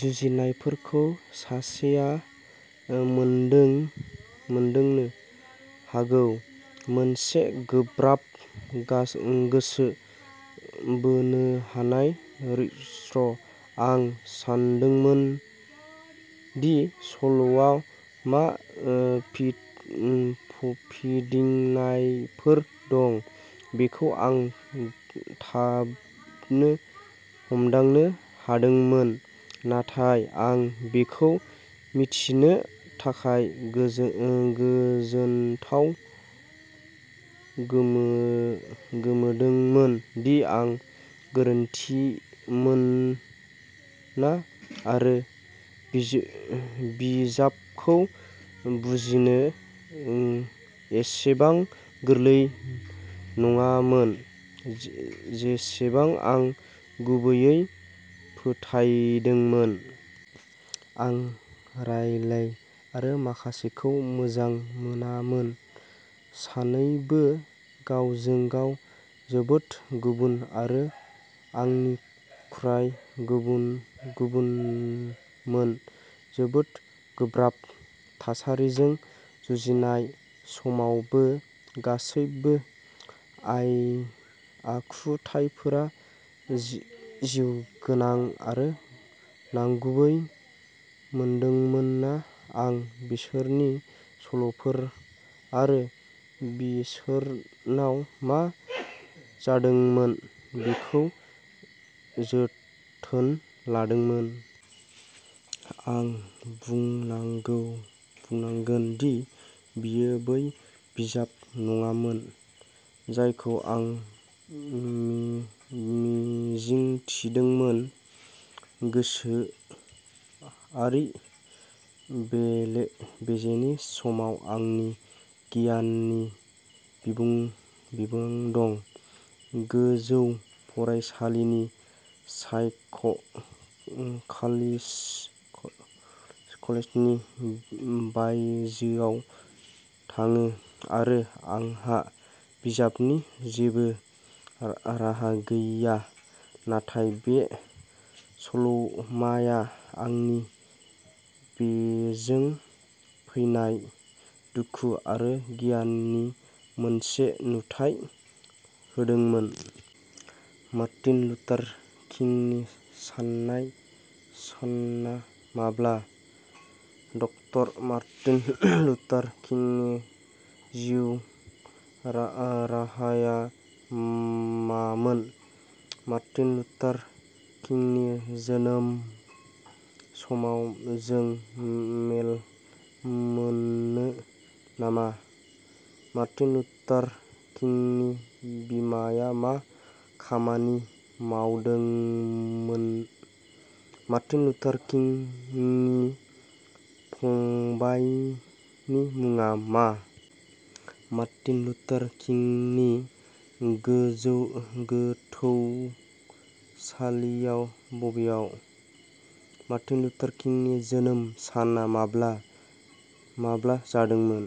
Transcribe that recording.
जुजिनायफोरखौ सासेआ मोनदांनो हागौ। मोनसे गोब्राब, गोसो बोनो हानाय रहस्यः आं सानदोंमोन दि सल'आव मा फिदिंनायफोर दं बेखौ आं थाबनो हमदांनो हादोंमोन, नाथाय आं बेखौ मिथिनो थाखाय गोजोनथावै गोमोदोंमोन दि आं गोरोन्थिमोन आरो बिजाबखौ बुजिनो एसेबां गोरलै नङामोन जेसेबां आं गुबैयै फोथायदोंमोन। आं राइलि आरो मेक्सखौ मोजां मोनोमोन, सानैबो गावजों-गाव जोबोद गुबुन आरो आंनिफ्राय गुबुनमोन। जोबोद गोब्राब थासारिजों जुजिनाय समावबो, गासैबो आखुथाइफोरा जिउगोनां आरो नंगुबै मोनदोंमोन। आं बिसोरनि सल'फोर आरो बिसोरनाव मा जादोंमोन बेखौ जोथोन लादोंमोन। आं बुंनांगोन दि बेयो बै बिजाब नङामोन जायखौ आं मिजिंथिदोंमोन... गोसोआरि बेले-बेजेनि सायाव आंनि गियाननि बिबाङा गोजौ फरायसालिनि साइक क्लासनि बायजोआव थाङा आरो आंहा बुजिनो जेबो राहा गैया... नाथाय बे सल'माआ आंनो बेजों फैनाय दुखु आरो गिनायनि मोनसे नुथाइ होदोंमोन। मार्टिन लुथार किंनि साना माब्ला? ड. मार्टिन लुथार किंनि जिउ राहाया मामोन? मार्टिन लुथार किंनि जोनोम सानाव जों मेल मोनो नामा? मार्टिन लुथार किंनि बिमाया मा खामानि मावदोंमोन? मार्टिन लुथार किंनि फंबायनि मुङा मा? मार्टिन लुथार किंनि गोथैसालिआ बबेयाव? मार्टिन लुथार किंनि जोनोम साना माब्ला? माब्ला जादोंमोन?